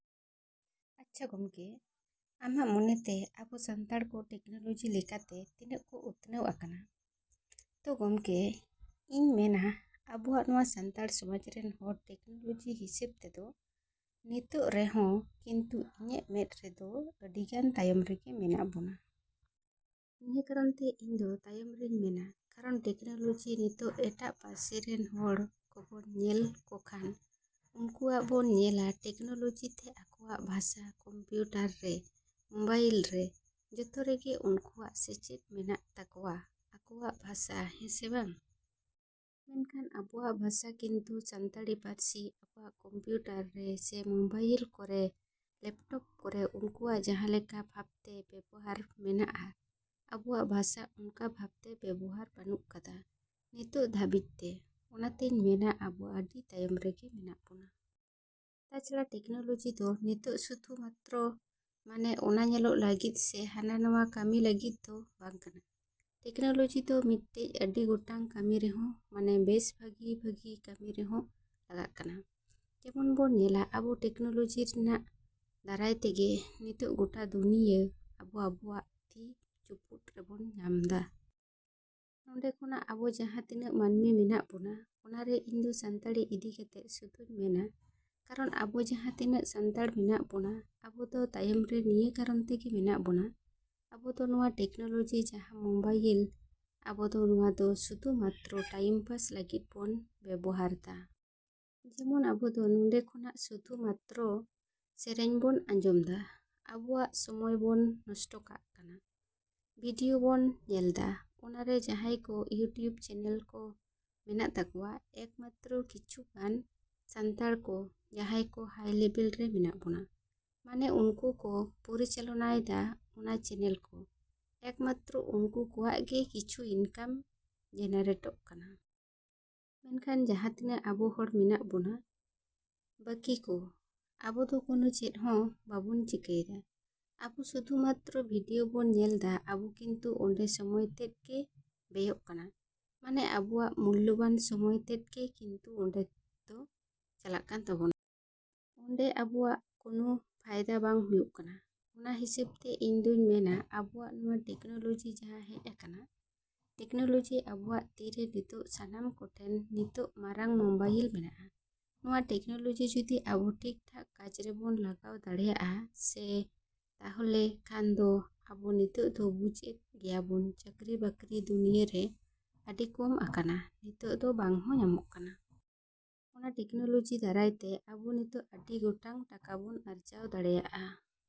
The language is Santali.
‎ᱟᱪᱪᱷᱟ ᱜᱚᱢᱠᱮ, ᱟᱢᱟᱜ ᱢᱚᱱᱮᱛᱮ ᱟᱵᱚ ᱥᱟᱱᱛᱟᱲ ᱠᱚ ᱴᱮᱠᱱᱳᱞᱚᱡᱤ ᱞᱮᱠᱟᱛᱮ ᱛᱤᱱᱟᱹᱜ ᱠᱚ ᱩᱛᱱᱟᱹᱣ ᱟᱠᱟᱱᱟ? ᱛᱳ ᱜᱚᱢᱠᱮ, ᱤᱧ ᱢᱮᱱᱟ ᱟᱵᱚᱣᱟᱜ ᱱᱚᱣᱟ ᱥᱟᱱᱛᱟᱲ ᱥᱚᱢᱟᱡᱽ ᱨᱮᱱ ᱦᱚᱲ ᱴᱮᱠᱱᱳᱞᱚᱡᱤ ᱦᱤᱥᱟᱹᱵ ᱛᱮᱫᱚ ᱱᱤᱛᱚᱜ ᱨᱮᱦᱚᱸ ᱠᱤᱱᱛᱩ ᱤᱧᱟᱹᱜ ᱢᱮᱫ ᱨᱮᱫᱚ ᱟᱹᱰᱤᱜᱟᱱ ᱛᱟᱭᱚᱢ ᱨᱮᱜᱮ ᱢᱮᱱᱟᱜ ᱵᱚᱱᱟ᱾ ᱱᱤᱭᱟᱹ ᱠᱟᱨᱚᱱᱛᱮ ᱤᱧᱫᱚ ᱛᱟᱭᱚᱢ ᱨᱤᱧ ᱢᱮᱱᱟ ᱠᱟᱨᱚᱱ ᱴᱮᱠᱱᱳᱞᱚᱡᱤ ᱱᱤᱛᱚᱜ ᱮᱴᱟᱜ ᱯᱟᱹᱨᱥᱤ ᱨᱮᱱ ᱦᱚᱲ ᱠᱚᱵᱚᱱ ᱧᱮᱞ ᱠᱚᱠᱷᱟᱱ ᱩᱱᱠᱩᱣᱟᱜ ᱵᱚᱱ ᱧᱮᱞᱟ ᱴᱮᱠᱱᱳᱞᱚᱡᱤ ᱛᱮ ᱟᱠᱚᱣᱟᱜ ᱵᱷᱟᱥᱟ ᱠᱚᱢᱯᱤᱭᱩᱴᱟᱨ ᱨᱮ, ᱢᱳᱵᱟᱭᱤᱞ ᱨᱮ, ᱡᱚᱛᱚ ᱨᱮᱜᱮ ᱩᱱᱠᱩᱣᱟᱜ ᱥᱮᱞᱮᱫ ᱢᱮᱱᱟᱜ ᱛᱟᱠᱚᱣᱟ, ᱟᱠᱚᱣᱟᱜ ᱵᱷᱟᱥᱟ ᱦᱮᱸᱥᱮ ᱵᱟᱝ? ᱢᱮᱱᱠᱷᱟᱱ ᱟᱵᱚᱣᱟᱜ ᱵᱷᱟᱥᱟ ᱠᱤᱱᱛᱩ ᱥᱟᱱᱛᱟᱲᱤ ᱯᱟᱹᱨᱥᱤ ᱟᱵᱚᱣᱟᱜ ᱠᱚᱢᱯᱤᱭᱩᱴᱟᱨ ᱨᱮ ᱥᱮ ᱢᱳᱵᱟᱭᱤᱞ ᱠᱚᱨᱮ, ᱞᱮᱯᱴᱚᱯ ᱠᱚᱨᱮ ᱩᱱᱠᱩᱣᱟᱜ ᱡᱟᱦᱟᱸ ᱞᱮᱠᱟ ᱵᱷᱟᱵᱽᱛᱮ ᱵᱮᱵᱚᱦᱟᱨ ᱢᱮᱱᱟᱜᱼᱟ, ᱟᱵᱚᱣᱟᱜ ᱵᱷᱟᱥᱟ ᱚᱱᱠᱟ ᱵᱷᱟᱵᱽᱛᱮ ᱵᱮᱵᱚᱦᱟᱨ ᱵᱟ.ᱱᱩᱜ ᱠᱟᱫᱟ ᱱᱤᱛᱚᱜ ᱫᱷᱟᱹᱵᱤᱡᱛᱮ᱾ ᱚᱱᱟᱛᱤᱧ ᱢᱮᱱᱟ ᱟᱵᱚ ᱟᱹᱰᱤ ᱛᱟᱭᱚᱢ ᱨᱮᱜᱮ ᱢᱮᱱᱟᱜ ᱵᱚᱱᱟ᱾ ᱛᱟᱪᱷᱟᱲᱟ ᱴᱮᱠᱱᱚᱞᱚᱡᱤ ᱫᱚ ᱱᱤᱛᱚᱜ ᱥᱩᱫᱷᱩ ᱢᱟᱛᱨᱚ ᱢᱟᱱᱮ ᱚᱱᱟ ᱧᱮᱞᱚᱜ ᱞᱟᱹᱜᱤᱫ ᱥᱮ ᱦᱟᱱᱟ ᱱᱚᱣᱟ ᱠᱟᱹᱢᱤ ᱞᱟᱹᱜᱤᱫ ᱫᱚ ᱵᱟᱝ ᱠᱟᱱᱟ᱾ ᱴᱮᱠᱱᱳᱞᱚᱡᱤ ᱫᱚ ᱢᱤᱫᱴᱮᱡ ᱟᱹᱰᱤ ᱜᱚᱴᱟᱝ ᱠᱟᱹᱢᱤ ᱨᱮᱦᱚᱸ ᱢᱟᱱᱮ ᱵᱮᱥ ᱵᱷᱟᱹᱜᱤᱼᱵᱷᱟᱹᱜᱤ ᱠᱟᱹᱢᱤ ᱨᱮᱦᱚᱸ ᱞᱟᱜᱟᱜ ᱠᱟᱱᱟ᱾ ᱡᱮᱢᱚᱱ ᱵᱚᱱ ᱧᱮᱞᱟ ᱟᱵᱚ ᱴᱮᱠᱱᱳᱞᱚᱡᱤ ᱨᱮᱱᱟᱜ ᱫᱟᱨᱟᱭ ᱛᱮᱜᱮ ᱱᱤᱛᱚᱜ ᱜᱚᱴᱟ ᱫᱩᱱᱤᱭᱟᱹ ᱟᱵᱚ ᱟᱵᱚᱣᱟᱜ ᱛᱤ ᱪᱩᱯᱩᱫ ᱨᱮᱵᱚᱱ ᱧᱟᱢᱫᱟ᱾ ᱱᱚᱸᱰᱮ ᱠᱷᱚᱱᱟᱜ ᱟᱵᱚ ᱡᱟᱦᱟᱸ ᱛᱤᱱᱟᱹᱜ ᱢᱟᱹᱱᱢᱤ ᱢᱮᱱᱟᱜ ᱵᱚᱱᱟ, ᱚᱱᱟᱨᱮ ᱤᱧᱫᱚ ᱥᱟᱱᱛᱟᱲᱤ ᱤᱫᱤ ᱠᱟᱛᱮᱫ ᱥᱩᱫᱷᱩᱧ ᱢᱮᱱᱟ ᱠᱟᱨᱚᱱ ᱟᱵᱚ ᱡᱟᱦᱟᱸ ᱛᱤᱱᱟᱹᱜ ᱥᱟᱱᱛᱟᱲ ᱢᱮᱱᱟᱜ ᱵᱚᱱᱟ, ᱟᱵᱚ ᱫᱚ ᱛᱟᱭᱚᱢ ᱨᱮ ᱱᱤᱭᱟᱹ ᱠᱟᱨᱚᱱ ᱛᱮᱜᱮ ᱢᱮᱱᱟᱜ ᱵᱚᱱᱟ ,ᱟᱵᱚᱫᱚ ᱱᱚᱣᱟ ᱴᱮᱠᱱᱳᱞᱚᱡᱤ ᱡᱟᱦᱟᱸ ᱢᱳᱵᱟᱭᱤᱞ, ᱟᱵᱚᱫᱚ ᱱᱚᱣᱟᱫᱚ ᱥᱩᱫᱷᱩ ᱢᱟᱛᱨᱚ ᱴᱟᱭᱤᱢ ᱯᱟᱥ ᱞᱟᱹᱜᱤᱫ ᱵᱚᱱ ᱵᱮᱵᱚᱦᱟᱨᱫᱟ᱾ ᱡᱮᱢᱚᱱ ᱟᱵᱚᱫᱚ ᱱᱚᱸᱰᱮ ᱠᱷᱚᱱᱟᱜ ᱥᱩᱫᱷᱩ ᱢᱟᱛᱨᱚ ᱥᱮᱨᱮᱧ ᱵᱚᱱ ᱟᱸᱡᱚᱢᱫᱟ, ᱟᱵᱚᱣᱟᱜ ᱥᱚᱢᱚᱭ ᱵᱚᱱ ᱱᱚᱥᱴᱚ ᱠᱟᱜ ᱠᱟᱱᱟ, ᱵᱷᱤᱰᱭᱳ ᱵᱚᱱ ᱧᱮᱞᱫᱟ᱾ ᱚᱱᱟᱨᱮ ᱡᱟᱦᱟᱸᱭ ᱠᱚ ᱤᱭᱩᱴᱩᱵᱽ ᱪᱮᱱᱮᱞ ᱠᱚ ᱢᱮᱱᱟᱜ ᱛᱟᱠᱚᱣᱟ, ᱮᱠ ᱢᱟᱛᱨᱚ ᱠᱤᱪᱷᱩ ᱜᱟᱱ ᱥᱟᱱᱛᱟᱲ ᱠᱚ ᱡᱟᱦᱟᱸᱭ ᱠᱚ ᱦᱟᱭ ᱞᱮᱵᱮᱞ ᱨᱮ ᱢᱮᱱᱟᱜ ᱵᱚᱱᱟ, ᱢᱟᱱᱮ ᱩᱱᱠᱩ ᱠᱚ ᱯᱚᱨᱤᱪᱟᱞᱚᱱᱟᱭᱫᱟ ᱚᱱᱟ ᱪᱮᱱᱮᱞ ᱠᱚ, ᱮᱠᱢᱟᱛᱨᱚ ᱩᱱᱠᱩ ᱠᱚᱣᱟᱜ ᱜᱮ ᱠᱤᱪᱷᱩ ᱤᱱᱠᱟᱢ ᱡᱮᱱᱟᱨᱮᱴᱚᱜ ᱠᱟᱱᱟ᱾ ᱢᱮᱱᱠᱷᱟᱱ ᱡᱟᱦᱟᱸ ᱛᱤᱱᱟᱹᱜ ᱟᱵᱚ ᱦᱚᱲ ᱢᱮᱱᱟᱜ ᱵᱚᱱᱟ ᱵᱟᱹᱠᱤ ᱠᱚ, ᱟᱵᱚᱫᱚ ᱠᱳᱱᱳ ᱪᱮᱫᱦᱚᱸ ᱵᱟᱵᱚᱱ ᱪᱤᱠᱟᱹᱭᱫᱟ᱾ ᱟᱵᱚ ᱥᱩᱫᱷᱩ ᱢᱟᱛᱨᱚ ᱵᱷᱤᱰᱭᱳ ᱵᱚᱱ ᱧᱮᱞᱫᱟ᱾ ᱟᱵᱚ ᱠᱤᱱᱛᱩ ᱚᱸᱰᱮ ᱥᱚᱢᱚᱭ ᱛᱮᱫᱜᱮ ᱵᱮᱭᱚᱜ ᱠᱟᱱᱟ, ᱢᱟᱱᱮ ᱟᱵᱚᱣᱟᱜ ᱢᱩᱞᱞᱚᱵᱟᱱ ᱥᱚᱢᱚᱭ ᱛᱮᱫᱜᱮ ᱠᱤᱱᱛᱩ ᱚᱸᱰᱮ ᱫᱚ ᱪᱟᱞᱟᱜ ᱠᱟᱱ ᱛᱟᱵᱚᱱᱟ᱾ ᱚᱸᱰᱮ ᱟᱵᱚᱣᱟᱜ ᱠᱳᱱᱳ ᱯᱷᱟᱭᱫᱟ ᱵᱟᱝ ᱦᱩᱭᱩᱜ ᱠᱟᱱᱟ᱾ ᱚᱱᱟ ᱦᱤᱥᱟᱹᱵᱛᱮ ᱤᱧᱫᱩᱧ ᱢᱮᱱᱟ ᱟᱵᱚᱣᱟᱜ ᱱᱚᱣᱟ ᱴᱮᱠᱱᱳᱞᱚᱡᱤ ᱡᱟᱦᱟᱸ ᱦᱮᱡ ᱟᱠᱟᱱᱟ, ᱴᱮᱠᱱᱳᱞᱚᱡᱤ ᱟᱵᱚᱣᱟᱜ ᱛᱤ ᱨᱮ ᱱᱤᱛᱚᱜ ᱥᱟᱱᱟᱢ ᱠᱚᱴᱷᱮᱱ ᱱᱤᱛᱚᱜ ᱢᱟᱨᱟᱝ ᱢᱳᱵᱟᱭᱤᱞ ᱢᱮᱱᱟᱜᱼᱟ᱾ ᱱᱚᱣᱟ ᱴᱮᱠᱱᱳᱞᱚᱡᱤ ᱡᱩᱫᱤ ᱟᱵᱚ ᱴᱷᱤᱠ ᱴᱷᱟᱠ ᱠᱟᱡᱽ ᱨᱮᱵᱚᱱ ᱞᱟᱜᱟᱣ ᱫᱟᱲᱮᱭᱟᱜᱼᱟ ᱥᱮ, ᱛᱟᱦᱞᱮ ᱠᱷᱟᱱ ᱫᱚ ᱟᱵᱚ ᱱᱤᱛᱚᱜ ᱫᱚ ᱵᱩᱡᱽ ᱮᱫ ᱜᱮᱭᱟᱵᱚᱱ ᱪᱟᱹᱠᱨᱤ ᱵᱟᱹᱠᱨᱤ ᱫᱩᱱᱭᱟᱹᱨᱮ ᱟᱹᱰᱤ ᱠᱚᱢ ᱟᱠᱟᱱᱟ, ᱱᱤᱛᱚᱜ ᱫᱚ ᱵᱟᱝᱦᱚᱸ ᱧᱟᱢᱚᱜ ᱠᱟᱱᱟ᱾ ᱚᱱᱟ ᱴᱮᱠᱱᱳᱞᱚᱡᱤ ᱫᱟᱨᱟᱭᱛᱮ ᱟᱵᱚ ᱱᱤᱛᱚᱜ ᱟᱹᱰᱤ ᱜᱚᱴᱟᱝ ᱴᱟᱠᱟ ᱵᱚᱱ ᱟᱨᱡᱟᱣ ᱫᱟᱲᱮᱭᱟᱜ ᱼ ᱟ᱾